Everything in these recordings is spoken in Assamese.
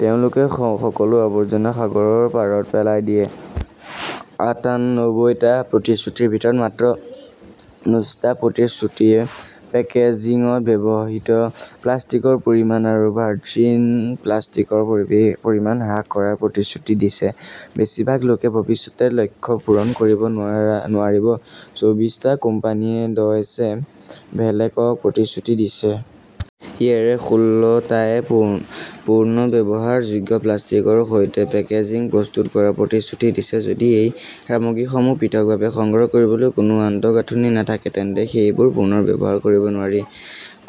তেওঁলোকে সকলো আৱৰ্জনা সাগৰৰ পাৰত পেলাই দিয়ে। আটান্নব্বৈটা প্ৰতিশ্ৰুতিৰ ভিতৰত মাত্ৰ ঊনৈশটা প্ৰতিশ্ৰুতিয়ে পেকেজিঙত ব্যৱহৃত প্লাষ্টিকৰ পৰিমাণ বা ভাৰ্জিন প্লাষ্টিকৰ পৰিমাণ হ্ৰাস কৰাৰ প্ৰতিশ্ৰুতি দিছে। বেছিভাগ লোকে ভৱিষ্যতে লক্ষ্য পূৰণ কৰিব নোৱাৰিব। চৌবিশটা কোম্পানীয়ে ডয়চে ভেলেকক প্ৰতিশ্ৰুতি দিছে। ইয়াৰে ষোল্লটায়ে পুনৰ্ব্যৱহাৰযোগ্য প্লাষ্টিকৰ সৈতে পেকেজিং প্ৰস্তুত কৰাৰ প্ৰতিশ্ৰুতি দিছে। যদি এই সামগ্ৰীসমূহ পৃথকভাৱে সংগ্ৰহ কৰিবলৈ কোনো আন্তঃগাঁথনি নাথাকে, তেন্তে সেইবোৰ পুনৰ ব্যৱহাৰ কৰিব নোৱাৰি,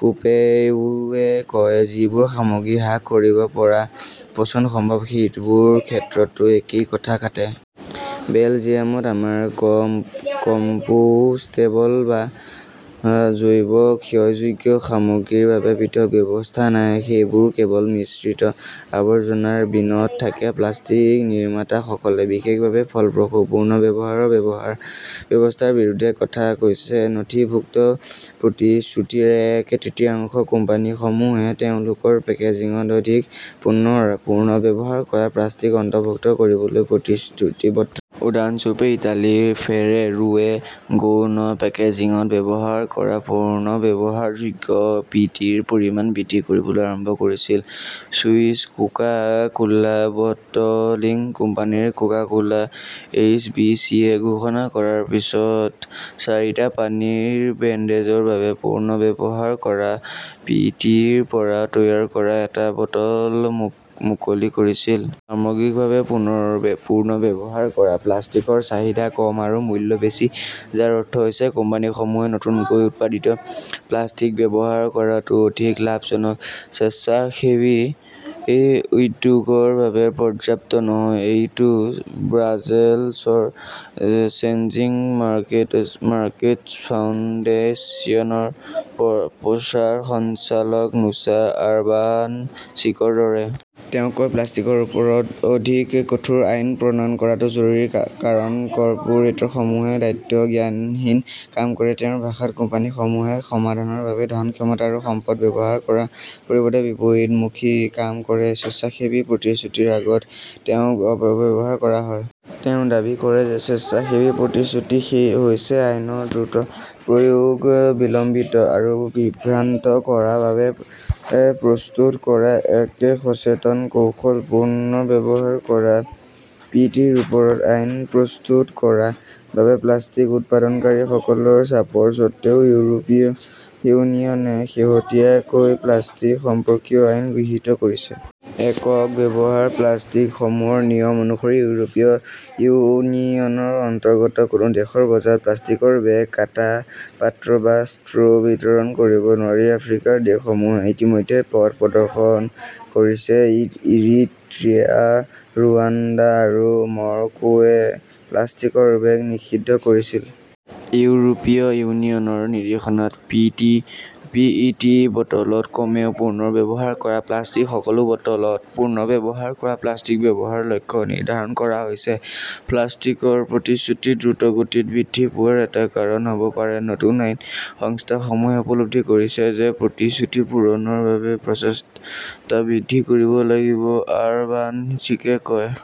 কোপেয়োৱে কয়। যিবোৰ সামগ্ৰী হ্ৰাস কৰিব পৰা পচন সম্ভৱ, সেইবোৰৰ ক্ষেত্ৰতো একেই কথা খাটে। বেলজিয়ামত, আমাৰ কম্পোষ্টেবল বা জৈৱ ক্ষয়যোগ্য সামগ্ৰীৰ বাবে পৃথক ব্যৱস্থা নাই। সেইবোৰ কেৱল মিশ্ৰিত আৱৰ্জনাৰ বিনত থাকে। প্লাষ্টিক নিৰ্মাতাসকলে বিশেষভাৱে ফলপ্ৰসূ পুনৰ্ব্যৱহাৰৰ ব্যৱস্থাৰ বিৰুদ্ধে কথা কৈছে। নথিভুক্ত প্ৰতিশ্ৰুতিৰ এক তৃতীয়াংশত, কোম্পানীসমূহে তেওঁলোকৰ পেকেজিঙত অধিক পুনৰ্ব্যৱহাৰ কৰা প্লাষ্টিক অন্তৰ্ভুক্ত কৰিবলৈ প্ৰতিশ্ৰুতিবদ্ধ। উদাহৰণস্বৰূপে, ইটালীৰ ফেৰেৰোৱে গৌণ পেকেজিঙত ব্যৱহাৰ কৰা পুনৰ্ব্যৱহাৰযোগ্য পিইটিৰ পৰিমাণ বৃদ্ধি কৰিবলৈ আৰম্ভ কৰিছিল। Swiss Coca Cola bottling company Coca Cola H B চিয়ে ঘোষণা কৰাৰ পিছত চাৰিটা পানীৰ ব্ৰেণ্ডৰ বাবে পুনৰ্ব্যৱহাৰ কৰা পিইটিৰ পৰা তৈয়াৰ কৰা এটা বটল মুকলি কৰিছিল। সামগ্ৰিকভাৱে, পুনৰ্ব্যৱহাৰ কৰা প্লাষ্টিকৰ চাহিদা কম আৰু মূল্য বেছি, যাৰ অৰ্থ হৈছে কোম্পানীসমূহে নতুনকৈ উৎপাদিত প্লাষ্টিক ব্যৱহাৰ কৰাটো অধিক লাভজনক। স্বেচ্ছাসেৱী উদ্যোগৰ বাবে পৰ্যাপ্ত নহয়। এইটো ব্ৰাছেলছৰ চেঞ্জিং মাৰ্কেটছ ফাউণ্ডেশ্যনৰ প্ৰচাৰ সঞ্চালক নুছা আৰবানচিকৰ দৰে। তেওঁ কয়, প্লাষ্টিকৰ ওপৰত অধিক কঠোৰ আইন প্ৰণয়ন কৰাটো জৰুৰী কাৰণ কৰ্পোৰেটসমূহে দায়িত্বজ্ঞানহীন কাম কৰে। তেওঁৰ ভাষাত, কোম্পানীসমূহে সমাধানৰ বাবে ধন, ক্ষমতা আৰু সম্পদ ব্যৱহাৰ কৰাৰ পৰিৱৰ্তে বিপৰীতমুখী কাম কৰে। স্বেচ্ছাসেৱী প্ৰতিশ্ৰুতিৰ আগত তেওঁক অপব্যৱহাৰ কৰা হয়। তেওঁ দাবী কৰে যে স্বেচ্ছাসেৱী প্ৰতিশ্ৰুতি হৈছে আইনৰ দ্ৰুত প্ৰয়োগ বিলম্বিত আৰু বিভ্ৰান্ত কৰাৰ বাবে প্ৰস্তুত কৰা এক সচেতন কৌশল। পুনৰ্ব্যৱহাৰ কৰা পিইটিৰ ওপৰত আইন প্ৰস্তুত কৰাৰ বাবে প্লাষ্টিক উৎপাদনকাৰীসকলৰ চাপৰ স্বত্বেও ইউৰোপীয় ইউনিয়নে শেহতীয়াকৈ প্লাষ্টিক সম্পৰ্কীয় আইন গৃহীত কৰিছে। একক ব্যৱহাৰৰ প্লাষ্টিকৰ নিয়ম অনুসৰি, ইউৰোপীয় ইউনিয়নৰ অন্তৰ্গত কোনো দেশৰ বজাৰত প্লাষ্টিকৰ বেগ, কাঁটা, পাত্ৰ বা ষ্ট্ৰ' বিতৰণ কৰিব নোৱাৰি। আফ্ৰিকাৰ দেশসমূহে ইতিমধ্যে পথ প্ৰদৰ্শন কৰিছে। ইৰিট্ৰিয়া, ৰুৱাণ্ডা আৰু মৰক্কোৱে প্লাষ্টিকৰ বেগ নিষিদ্ধ কৰিছিল। ইউৰোপীয় ইউনিয়নৰ নিৰ্দেশনাত পিইটি বটলত কমেও পুনৰ্ব্যৱহাৰ কৰা প্লাষ্টিক, সকলো বটলত পুনৰ্ব্যৱহাৰ কৰা প্লাষ্টিক ব্যৱহাৰৰ লক্ষ্য নিৰ্ধাৰণ কৰা হৈছে। প্লাষ্টিকৰ প্ৰতিশ্ৰুতি দ্ৰুতগতিত বৃদ্ধি পোৱাৰ এটা কাৰণ হ'ব পাৰে নতুন আইন। সংস্থাসমূহে উপলব্ধি কৰিছে যে প্ৰতিশ্ৰুতি পূৰণৰ বাবে প্ৰচেষ্টা বৃদ্ধি কৰিব লাগিব, আৰবানচিকে কয়।